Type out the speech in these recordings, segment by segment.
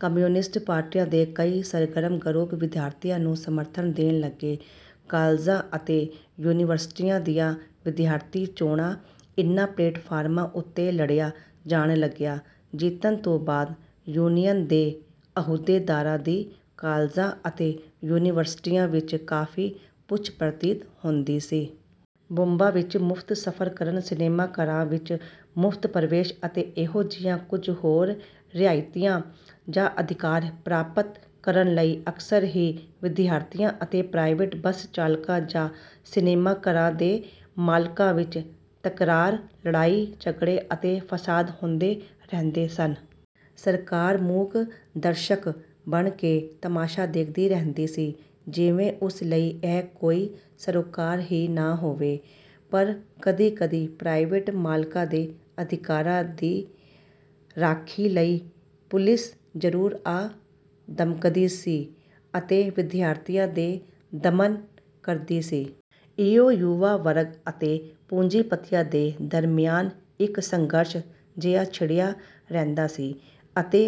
Communist ਪਾਰਟੀਆਂ ਦੇ ਕਈ ਸਰਗਰਮ ਗਰੁੱਪ ਵਿਦਿਆਰਥੀਆਂ ਨੂੰ ਸਮਰਥਨ ਦੇਣ ਲੱਗੇ। ਕਾਲਜਾਂ ਅਤੇ ਯੂਨੀਵਰਸਿਟੀਆਂ ਦੀਆਂ ਵਿਦਿਆਰਥੀ ਚੋਣਾਂ ਇਨ੍ਹਾਂ ਪਲੇਟਫਾਰਮਾਂ ਉੱਤੇ ਲੜੀਆਂ ਜਾਣ ਲੱਗੀਆਂ। ਜਿੱਤਣ ਤੋਂ ਬਾਅਦ ਯੂਨੀਅਨ ਦੇ ਅਹੁਦੇਦਾਰਾਂ ਦੀ ਕਾਲਜਾਂ ਅਤੇ ਯੂਨੀਵਰਸਿਟੀਆਂ ਵਿੱਚ ਕਾਫ਼ੀ ਪੁੱਛ-ਪ੍ਰਤੀਤ ਹੁੰਦੀ ਸੀ। ਬੱਸਾਂ ਵਿੱਚ ਮੁਫ਼ਤ ਸਫ਼ਰ ਕਰਨ, ਸਿਨੇਮਾ ਘਰਾਂ ਵਿੱਚ ਮੁਫ਼ਤ ਪ੍ਰਵੇਸ਼ ਅਤੇ ਇਹੋ ਜਿਹੀਆਂ ਕੁਝ ਹੋਰ ਰਿਆਇਤਾਂ ਜਾਂ ਅਧਿਕਾਰ ਪ੍ਰਾਪਤ ਕਰਨ ਲਈ ਅਕਸਰ ਹੀ ਵਿਦਿਆਰਥੀਆਂ ਅਤੇ ਪ੍ਰਾਈਵੇਟ ਬੱਸ ਚਾਲਕਾਂ ਜਾਂ ਸਿਨੇਮਾ ਘਰਾਂ ਦੇ ਮਾਲਕਾਂ ਵਿੱਚ ਤਕਰਾਰ, ਲੜਾਈ-ਝਗੜੇ ਅਤੇ ਫ਼ਸਾਦ ਹੁੰਦੇ ਰਹਿੰਦੇ ਸਨ। ਸਰਕਾਰ ਮੂਕ ਦਰਸ਼ਕ ਬਣ ਕੇ ਤਮਾਸ਼ਾ ਦੇਖਦੀ ਰਹਿੰਦੀ ਸੀ, ਜਿਵੇਂ ਉਸ ਲਈ ਇਹ ਕੋਈ ਸਰੋਕਾਰ ਹੀ ਨਾ ਹੋਵੇ। ਪਰ ਕਦੀ-ਕਦੀ ਪ੍ਰਾਈਵੇਟ ਮਾਲਕਾਂ ਦੇ ਅਧਿਕਾਰਾਂ ਦੀ ਰਾਖੀ ਲਈ ਪੁਲਿਸ ਜ਼ਰੂਰ ਆ ਧਮਕਦੀ ਸੀ ਅਤੇ ਵਿਦਿਆਰਥੀਆਂ ’ਤੇ ਦਮਨ ਕਰਦੀ ਸੀ। ਇਉਂ ਯੁਵਾ ਵਰਗ ਅਤੇ ਪੂੰਜੀਪਤੀਆਂ ਦੇ ਦਰਮਿਆਨ ਇੱਕ ਸੰਘਰਸ਼ ਜਿਹਾ ਛਿੜਿਆ ਰਹਿੰਦਾ ਸੀ ਅਤੇ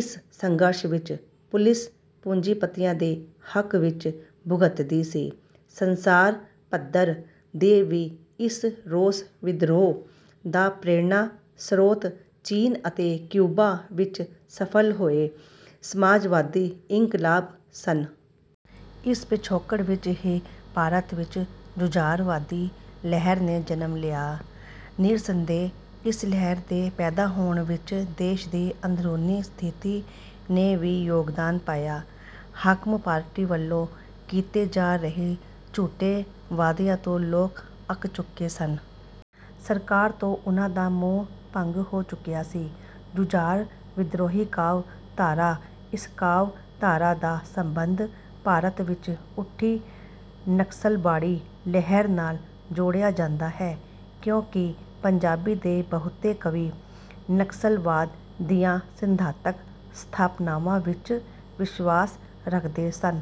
ਇਸ ਸੰਘਰਸ਼ ਵਿੱਚ ਪੁਲਿਸ ਪੂੰਜੀਪਤੀਆਂ ਦੇ ਹੱਕ ਵਿੱਚ ਭੁਗਤਦੀ ਸੀ। ਸੰਸਾਰ ਪੱਧਰ ’ਤੇ ਵੀ ਇਸ ਰੋਸ-ਵਿਦਰੋਹ ਦਾ ਪ੍ਰੇਰਣਾ-ਸਰੋਤ ਚੀਨ ਅਤੇ ਕਿਊਬਾ ਵਿੱਚ ਸਫ਼ਲ ਹੋਏ ਸਮਾਜਵਾਦੀ ਇਨਕਲਾਬ ਸਨ। ਇਸ ਪਿਛੋਕੜ ਵਿੱਚ ਹੀ ਭਾਰਤ ਵਿੱਚ ਜੁਝਾਰਵਾਦੀ ਲਹਿਰ ਨੇ ਜਨਮ ਲਿਆ। ਨਿਰਸੰਦੇਹ, ਇਸ ਲਹਿਰ ਦੇ ਪੈਦਾ ਹੋਣ ਵਿੱਚ ਦੇਸ਼ ਦੀ ਅੰਦਰੂਨੀ ਸਥਿਤੀ ਨੇ ਵੀ ਯੋਗਦਾਨ ਪਾਇਆ। ਹਾਕਮ ਪਾਰਟੀ ਵੱਲੋਂ ਕੀਤੇ ਜਾ ਰਹੇ ਝੂਠੇ ਵਾਅਦਿਆਂ ਤੋਂ ਲੋਕ ਅੱਕ ਚੁੱਕੇ ਸਨ। ਸਰਕਾਰ ਤੋਂ ਉਨ੍ਹਾਂ ਦਾ ਮੋਹ-ਭੰਗ ਹੋ ਚੁੱਕਾ ਸੀ। ਜੁਝਾਰ-ਵਿਦਰੋਹੀ ਕਾਵਿ ਧਾਰਾ: ਇਸ ਕਾਵਿ ਧਾਰਾ ਦਾ ਸੰਬੰਧ ਭਾਰਤ ਵਿੱਚ ਉੱਠੀ ਨਕਸਲਬਾੜੀ ਲਹਿਰ ਨਾਲ ਜੋੜਿਆ ਜਾਂਦਾ ਹੈ, ਕਿਉਂਕਿ ਪੰਜਾਬੀ ਦੇ ਬਹੁਤੇ ਕਵੀ ਨਕਸਲਵਾਦ ਦੀਆਂ ਸਿਧਾਂਤਕ ਸਥਾਪਨਾਵਾਂ ਵਿੱਚ ਵਿਸ਼ਵਾਸ ਰੱਖਦੇ ਸਨ।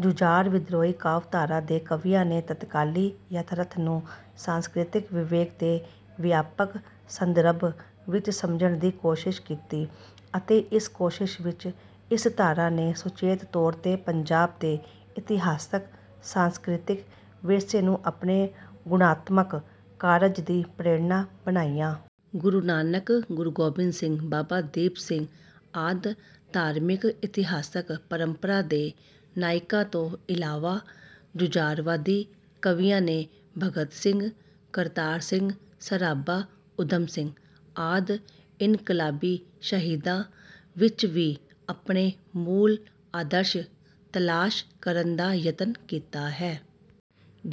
ਜੁਝਾਰ-ਵਿਦਰੋਹੀ ਕਾਵਿ ਧਾਰਾ ਦੇ ਕਵੀਆਂ ਨੇ ਤਤਕਾਲੀ ਯਥਾਰਥ ਨੂੰ ਸਾਂਸਕ੍ਰਿਤਿਕ ਵਿਵੇਕ ਦੇ ਵਿਆਪਕ ਸੰਦਰਭ ਵਿੱਚ ਸਮਝਣ ਦੀ ਕੋਸ਼ਿਸ਼ ਕੀਤੀ ਅਤੇ ਇਸ ਕੋਸ਼ਿਸ਼ ਵਿੱਚ ਇਸ ਧਾਰਾ ਨੇ ਸੁਚੇਤ ਤੌਰ ’ਤੇ ਪੰਜਾਬ ਦੇ ਇਤਿਹਾਸਕ-ਸਾਂਸਕ੍ਰਿਤਿਕ ਵਿਰਸੇ ਨੂੰ ਆਪਣੇ ਗੁਣਾਤਮਕ ਕਾਰਜ ਦੀ ਪ੍ਰੇਰਣਾ ਬਣਾਇਆ। ਗੁਰੂ ਨਾਨਕ, ਗੁਰੂ ਗੋਬਿੰਦ ਸਿੰਘ, ਬਾਬਾ ਦੀਪ ਸਿੰਘ ਆਦਿ ਧਾਰਮਿਕ-ਇਤਿਹਾਸਕ ਪਰੰਪਰਾ ਦੇ ਨਾਇਕਾਂ ਤੋਂ ਇਲਾਵਾ, ਜੁਝਾਰਵਾਦੀ ਕਵੀਆਂ ਨੇ ਭਗਤ ਸਿੰਘ, ਕਰਤਾਰ ਸਿੰਘ ਸਰਾਭਾ, ਊਧਮ ਸਿੰਘ ਆਦਿ ਇਨਕਲਾਬੀ ਸ਼ਹੀਦਾਂ ਵਿੱਚ ਵੀ ਆਪਣੇ ਮੂਲ ਆਦਰਸ਼ ਤਲਾਸ਼ ਕਰਨ ਦਾ ਯਤਨ ਕੀਤਾ ਹੈ।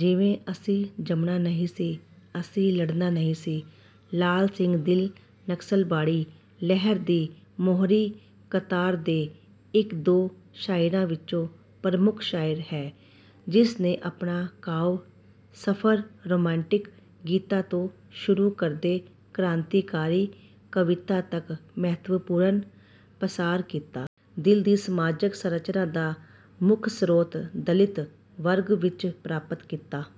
ਜਿਵੇਂ: “ਅਸੀਂ ਜੰਮਣਾ ਨਹੀਂ ਸੀ, ਅਸੀਂ ਲੜਨਾ ਨਹੀਂ ਸੀ।” ਲਾਲ ਸਿੰਘ ਦਿਲ ਨਕਸਲਬਾੜੀ ਲਹਿਰ ਦੀ ਮੋਹਰੀ ਕਤਾਰ ਦੇ ਇੱਕ-ਦੋ ਸ਼ਾਇਰਾਂ ਵਿੱਚੋਂ ਪ੍ਰਮੁੱਖ ਸ਼ਾਇਰ ਹੈ, ਜਿਸ ਨੇ ਆਪਣਾ ਕਾਵਿ-ਸਫ਼ਰ ਰੁਮਾਂਟਿਕ ਗੀਤਾਂ ਤੋਂ ਸ਼ੁਰੂ ਕਰਕੇ ਕ੍ਰਾਂਤੀਕਾਰੀ ਕਵਿਤਾ ਤੱਕ ਮਹੱਤਵਪੂਰਨ ਪਸਾਰ ਕੀਤਾ। “ਦਿਲ ਦੀ ਸਮਾਜਕ ਸਰੰਚਨਾ ਦਾ ਮੁੱਖ ਸਰੋਤ ਦਲਿਤ ਵਰਗ ਵਿੱਚ ਪ੍ਰਾਪਤ ਕੀਤਾ...